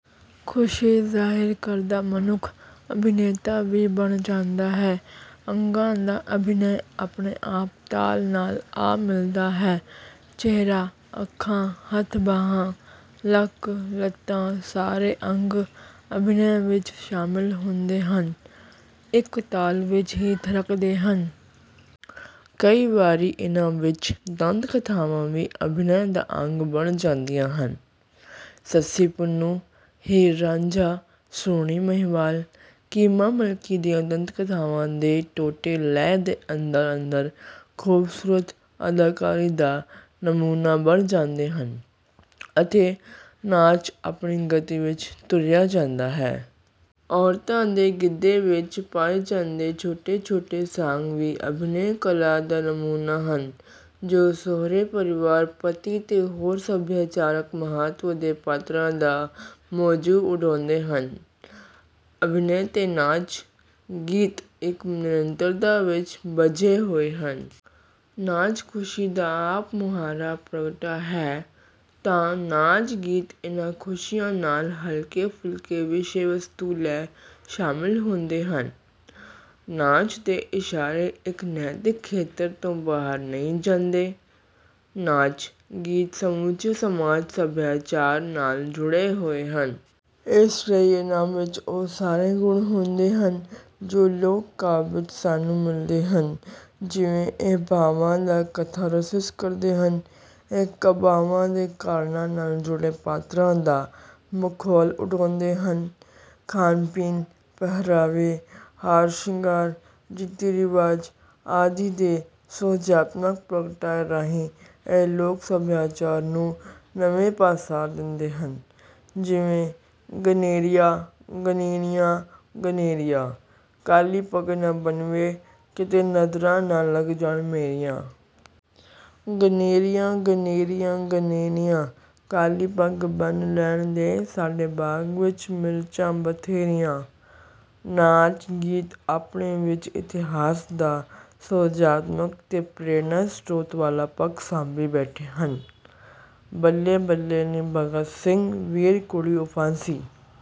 ਖੁਸ਼ੀ ਜ਼ਾਹਿਰ ਕਰਦਾ ਮਨੁੱਖ ਅਭਿਨੇਤਾ ਵੀ ਬਣ ਜਾਂਦਾ ਹੈ, ਅੰਗਾਂ ਦਾ ਅਭਿਨੈ ਆਪਣੇ ਆਪ ਤਾਲ ਨਾਲ ਆ ਮਿਲਦਾ ਹੈ। ਚਿਹਰਾ, ਅੱਖਾਂ, ਹੱਥ ਬਾਹਾਂ, ਲੱਕ, ਲੱਤਾਂ ਸਾਰੇ ਅੰਗ ਅਭਿਨੈ ਵਿਚ ਸ਼ਾਮਿਲ ਹੁੰਦੇ ਹਨ। ਇਕ ਤਾਲ ਵਿਚ ਹੀ ਥਿਰਕਦੇ ਹਨ। ਕਈ ਵਾਰੀ ਇਨ੍ਹਾਂ ਵਿਚ ਦੰਤ ਕਥਾਵਾਂ ਵੀ ਅਭਿਨੈ ਦਾ ਅੰਗ ਬਣ ਜਾਂਦੀਆਂ ਹਨ। ਸੱਸੀ-ਪੁੰਨੂ, ਹੀਰ-ਰਾਝਾਂ, ਸੋਹਣੀ-ਮਹੀਂਵਾਲ, ਕੀਮਾ-ਮਲਕੀ ਦੀਆਂ ਦੰਤ ਕਥਾਵਾਂ ਦੇ ਟੋਟੇ ਲੈਅ ਦੇ ਅੰਦਰ ਅੰਦਰ ਖੂਬਸੂਰਤ ਅਦਾਕਾਰੀ ਦਾ ਨਮੂਨਾ ਬਣ ਜਾਂਦੇ ਹਨ ਅਤੇ ਨਾਚ ਆਪਣੀ ਗਤੀ ਵਿਚ ਤੁਰਿਆ ਜਾਂਦਾ ਹੈ। ਔਰਤਾਂ ਦੇ ਗਿੱਧੇ ਵਿਚ ਪਾਏ ਜਾਂਦੇ ਛੋਟੇ ਛੋਟੇ ਸਾਂਗ ਵੀ ਅਭਿਨੈ ਕਲਾ ਦਾ ਨਮੂਨਾ ਹਨ ਜੋ ਸਹੁਰੇ ਪਰਿਵਾਰ, ਪਤੀ ਤੇ ਹੋਰ ਸਭਿਆਚਾਰਕ ਮਹੱਤਵ ਦੇ ਪਾਤਰਾਂ ਦਾ ਮੌਜੂ ਉਡਾਉਂਦੇ ਹਨ। ਅਭਿਨੈ ਤੇ ਨਾਚ। ਗੀਤ ਇਕ ਨਿਰੰਤਰਤਾ ਵਿਚ ਬੱਝੇ ਹੋਏ ਹਨ। ਨਾਚ ਖੁਸ਼ੀ ਦਾ ਆਪ ਮੁਹਾਰਾ ਪ੍ਰਗਟਾ ਹੈ ਤਾਂ ਨਾਚ ਗੀਤ ਇਨ੍ਹਾਂ ਖੁਸ਼ੀਆਂ ਨਾਲ ਹਲਕੇ ਫੁਲਕੇ ਵਿਸ਼ੇ ਵਸਤੂ ਲੈ ਸ਼ਾਮਿਲ ਹੁੰਦੇ ਹਨ। ਨਾਚ ਦੇ ਇਸ਼ਾਰੇ ਇਕ ਨੈਤਿਕ ਖੇਤਰ ਤੋਂ ਬਾਹਰ ਨਹੀਂ ਜਾਂਦੇ। ਨਾਚ ਗੀਤ ਸਮੁੱਚੇ ਸਮਾਜ ਸਭਿਆਚਾਰ ਨਾਲ ਜੁੜੇ ਹੋਏ ਹਨ। ਇਸ ਲਈ ਇੰਨ੍ਹਾਂ ਵਿਚ ਉਹ ਸਾਰੇ ਗੁਣ ਹੁੰਦੇ ਹਨ ਜੋ ਲੋਕ ਕਾਵਿ ਵਿਚ ਸਾਨੂੰ ਮਿਲਦੇ ਹਨ ਜਿਵੇਂ, ਇਹ ਭਾਵਾਂ ਦਾ ਕਥਾਰਸਿਸ ਕਰਦੇ ਹਨ, ਇਹ ਦਬਾਵਾਂ ਦੇ ਕਾਰਣਾਂ ਨਾਲ਼ ਜੁੜੇ ਪਾਤਰਾਂ ਦਾ ਮਖੌਲ ਉਡਾਉਂਦੇ ਹਨ, ਖਾਣ-ਪੀਣ, ਪਹਿਰਾਵੇ, ਹਾਰ-ਸ਼ਿੰਗਾਰ, ਰੀਤੀ ਰਿਵਾਜ ਆਦਿ ਦੇ ਸੁਹਜਾਤਮਕ ਪ੍ਰਗਟਾਅ ਰਾਹੀਂ ਇਹ ਲੋਕ ਸਭਿਆਚਾਰ ਨੂੰ ਨਵੇਂ ਪਾਸਾਰ ਦਿੰਦੇ ਹਨ ਜਿਵੇਂ, ਗਨੇਰੀਆ, ਗਨੇਰੀਆਂ, ਗਨੇਰੀਆ, ਕਾਲ਼ੀ ਪੱਗ ਨਾ ਬੰਨ੍ਹ ਵੇ ਕਿਤੇ ਨਜ਼ਰਾਂ ਨਾਂ ਲੱਗ ਜਾਣ ਮੇਰੀਆਂ। ਗਨੇਰੀਆਂ ਗਨੇਰੀਆਂ ਗਨੇਰੀਆਂ, ਕਾਲ਼ੀ ਪੱਗ ਬੰਨ੍ਹ ਲੈਣ ਦੇ ਸਾਡੇ ਬਾਗ ਵਿਚ ਮਿਰਚਾਂ ਬਥੇਰੀਆਂ। ਨਾਚ ਗੀਤ ਆਪਣੇ ਵਿਚ ਇਤਿਹਾਸ ਦਾ ਸੁਹਜਾਤਮਕ ਤੇ ਪ੍ਰੇਰਣਾ ਸ੍ਰੋਤ ਵਾਲ਼ਾ ਪੱਖ ਸਾਂਭੀ ਬੈਠੇ ਹਨ। ਬੱਲੇ ਬੱਲੇ ਨੀ ਭਗਤ ਸਿੰਘ ਵੀਰ ਕੁੜੀਉਫਾਂਸੀ